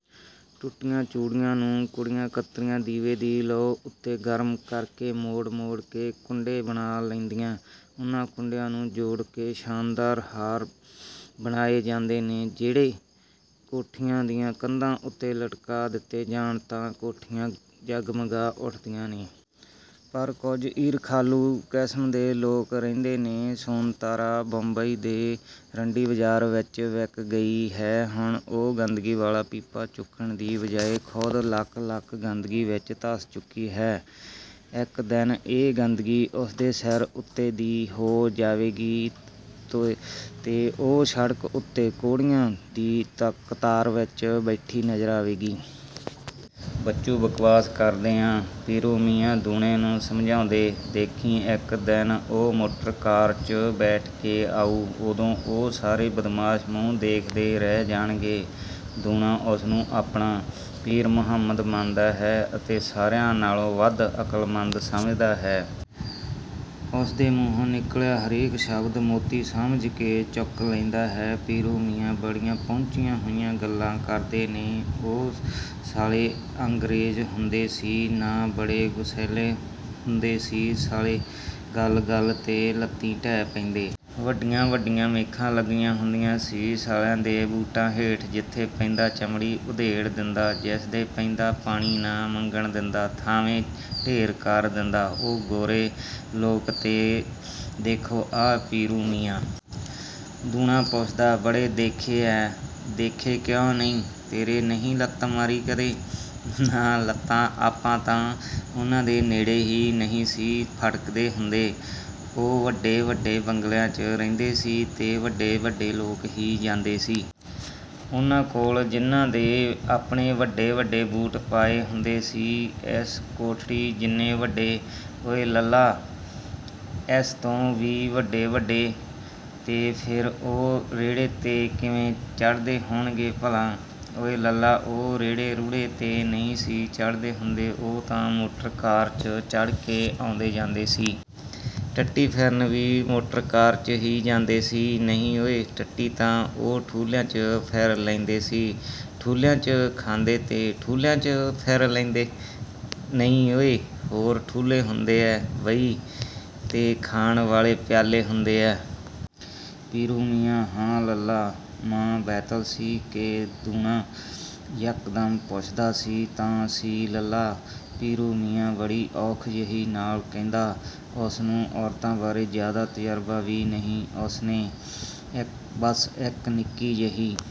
ਟੁੱਟੀਆਂ ਚੂੜੀਆਂ ਨੂੰ ਕੁੜੀਆਂ-ਕਤਰੀਆਂ ਦੀਵੇ ਦੀ ਲਾਅ ਉੱਤੇ ਗਰਮ ਕਰਕੇ, ਮੋੜ-ਮੋੜ ਕੇ ਕੁੰਡੇ ਬਣਾ ਲੈਂਦੀਆਂ। ਉਹਨਾਂ ਕੁੰਡਿਆਂ ਨੂੰ ਜੋੜ ਕੇ ਸ਼ਾਨਦਾਰ ਹਾਰ ਬਣਾਏ ਜਾਂਦੇ ਨੇ, ਜਿਹੜੇ ਕੋਠੀਆਂ ਦੀਆਂ ਕੰਧਾਂ ਉੱਤੇ ਲਟਕਾ ਦਿੱਤੇ ਜਾਣ ਤਾਂ ਕੋਠੀਆਂ ਜਗਮਗਾ ਉੱਠਦੀਆਂ ਨੇ। ਪਰ ਕੁਝ ਈਰਖਾਲੂ ਕਿਸਮ ਦੇ ਲੋਕ ਕਹਿੰਦੇ ਨੇ, ਸੋਨਤਾਰਾ ਬੰਬਈ ਦੇ ਰੰਡੀ-ਬਾਜ਼ਾਰ ਵਿੱਚ ਵਿਕ ਗਈ ਹੈ। ਹੁਣ ਉਹ ਗੰਦਗੀ ਵਾਲਾ ਪੀਪਾ ਚੁੱਕਣ ਦੀ ਬਜਾਏ ਖੁਦ ਲੱਕ-ਲੱਕ ਗੰਦਗੀ ਵਿੱਚ ਧਸ ਚੁੱਕੀ ਹੈ। ਇੱਕ ਦਿਨ ਇਹ ਗੰਦਗੀ ਉਸਦੇ ਸਿਰ ਉੱਤੋਂ ਦੀ ਹੋ ਜਾਏਗੀ ਤੇ ਉਹ ਸੜਕ ਉੱਤੇ ਕੋਹੜੀਆਂ ਦੀ ਕਤਾਰ ਵਿੱਚ ਬੈਠੀ ਨਜ਼ਰ ਆਏਗੀ। "ਬੱਚੂ, ਬਕਵਾਸ ਕਰਦੇ ਆ," ਪੀਰੂ ਮੀਆਂ ਦੂਣੇ ਨੂੰ ਸਮਝਾਉਂਦੇ, "ਦੇਖੀਂ ਇੱਕ ਦਿਨ ਉਹ ਮੋਟਰਕਾਰ 'ਚ ਬੈਠ ਕੇ ਆਊ, ਉਦੋਂ ਉਹ ਸਾਰੇ ਬਦਮਾਸ਼ ਮੂੰਹ ਵੇਖਦੇ ਰਹਿ ਜਾਣਗੇ।" ਦੂਣਾ ਉਸਨੂੰ ਆਪਣਾ ਪੀਰ-ਮੁਰਸ਼ਿਦ ਮੰਨਦਾ ਹੈ ਅਤੇ ਸਾਰਿਆਂ ਨਾਲੋਂ ਵੱਧ ਅਕਲਮੰਦ ਸਮਝਦਾ ਹੈ। ਉਸਦੇ ਮੂੰਹੋਂ ਨਿਕਲਿਆ ਹਰੇਕ ਸ਼ਬਦ ਮੋਤੀ ਸਮਝ ਕੇ ਚੁਣ ਲੈਂਦਾ ਹੈ। ਪੀਰੂ ਮੀਆਂ ਬੜੀਆਂ ਪਹੁੰਚੀਆਂ ਹੋਈਆਂ ਗੱਲਾਂ ਕਰਦੇ ਨੇ"ਉਹ ਸਾਲੇ ਅੰਗਰੇਜ਼ ਹੁੰਦੇ ਸੀ ਨਾ, ਬੜੇ ਗੁਸੈਲ ਹੁੰਦੇ ਸੀ ਸਾਲੇ। ਗੱਲ-ਗੱਲ 'ਤੇ ਲੱਤੀਂ ਡਹਿ ਪੈਂਦੇ। ਵੱਡੀਆਂ-ਵੱਡੀਆਂ ਮੇਖਾਂ ਲੱਗੀਆਂ ਹੁੰਦੀਆਂ ਸੀ ਸਾਲਿਆਂ ਦੇ ਬੂਟਾਂ ਹੇਠ; ਜਿੱਥੇ ਪੈਂਦਾ, ਚਮੜੀ ਉਚੇੜ ਦਿੰਦਾ। ਜਿਸ ਦੇ ਪੈਂਦਾ, ਪਾਣੀ ਨਾ ਮੰਗਣ ਦਿੰਦਾ ਥਾਂਵੇਂ ਢੇਰ ਕਰ ਦਿੰਦਾ।" "ਉਹ ਗੋਰੇ ਲੋਕ ਤੈਂ ਦੇਖੇ ਆ ਪੀਰੂ ਮੀਆਂ?" ਦੂਣਾ ਪੁੱਛਦਾ। "ਬੜੇ ਦੇਖੇ ਐ। ਦੇਖੇ ਕਿਉਂ ਨਹੀਂ।" "ਤੇਰੇ ਨਹੀਂ ਲੱਤ ਮਾਰੀ ਕਦੇ?" "ਨਾ ਲੱਲਾ, ਆਪਾਂ ਤਾਂ ਉਹਨਾਂ ਦੇ ਨੇੜੇ ਹੀ ਨਹੀਂ ਸੀ ਫੜਕਦੇ ਹੁੰਦੇ! ਉਹ ਵੱਡੇ-ਵੱਡੇ ਬੰਗਲਿਆਂ 'ਚ ਰਹਿੰਦੇ ਸੀ ਤੇ ਵੱਡੇ-ਵੱਡੇ ਲੋਕ ਹੀ ਜਾਂਦੇ ਸੀ। ਉਹਨਾਂ ਕੋਲ ਜਿਹਨਾਂ ਦੇ ਆਪਣੇ ਵੱਡੇ-ਵੱਡੇ ਬੂਟ ਪਾਏ ਹੁੰਦੇ ਸੀ।" "ਇਸ ਕੋਠੜੀ ਜਿੰਨੇ ਵੱਡੇ?" "ਓਏ ਲੱਲਾ, ਇਸ ਤੋਂ ਵੀ ਵੱਡੇ-ਵੱਡੇ।" "ਤੇ ਫਿਰ ਉਹ ਰੇੜ੍ਹੇ 'ਤੇ ਕਿਵੇਂ ਚੜ੍ਹਦੇ ਹੋਣਗੇ ਭਲਾ?" "ਓਇ ਲੱਲਾ, ਉਹ ਰੇੜ੍ਹੇ-ਰੂੜ੍ਹੇ 'ਤੇ ਨਹੀਂ ਸੀ ਚੜ੍ਹਦੇ ਹੁੰਦੇ ਉਹ ਤਾਂ ਮੋਟਰਕਾਰ 'ਚ ਚੜ੍ਹ ਕੇ ਆਉਂਦੇ-ਜਾਂਦੇ ਸੀ।" "ਟੱਟੀ ਫਿਰਨ ਵੀ ਮੋਟਰਕਾਰ 'ਚ ਹੀ ਜਾਂਦੇ ਸੀ?" "ਨਹੀਂ ਓਏ, ਟੱਟੀ ਤਾਂ ਉਹ ਠੁੱਲ੍ਹਿਆਂ 'ਚ ਫਿਰ ਲੈਂਦੇ ਸੀ" "ਠੁੱਲ੍ਹਿਆਂ 'ਚ ਖਾਂਦੇ ਤੇ ਠੁੱਲ੍ਹਿਆਂ 'ਚ ਹੀ ਫਿਰ ਲੈਂਦੇ?" "ਨਹੀਂ ਉਹ ਹੋਰ ਠੁੱਲ੍ਹੇ ਹੁੰਦੇ ਐ ਬਈ ਤੇ ਖਾਣ ਵਾਲੇ ਪਿਆਲੇ ਹੁੰਦੇ ਐ।" "ਪੀਰੂ ਮੀਆਂ?" "ਹਾਂ ਲੱਲਾ।" "ਮਾਂ ਬੈਤਲ ਸੀ ਕਿ?" ਦੂਣਾ ਯੱਕਦਮ ਪੁੱਛਦਾ। "ਸੀ-ਤਾਂ-ਸੀ, ਲੱਲਾ।" ਪੀਰੂ ਮੀਆਂ ਬੜੀ ਔਖ ਜਿਹੀ ਨਾਲ ਕਹਿੰਦਾ। ਉਸਨੂੰ ਔਰਤਾਂ ਬਾਰੇ ਜ਼ਿਆਦਾ ਤਜ਼ਰਬਾ ਵੀ ਨਹੀਂ, ਉਸਨੇ ਬਸ ਇੱਕ ਨਿੱਕੀ ਜਿਹੀ।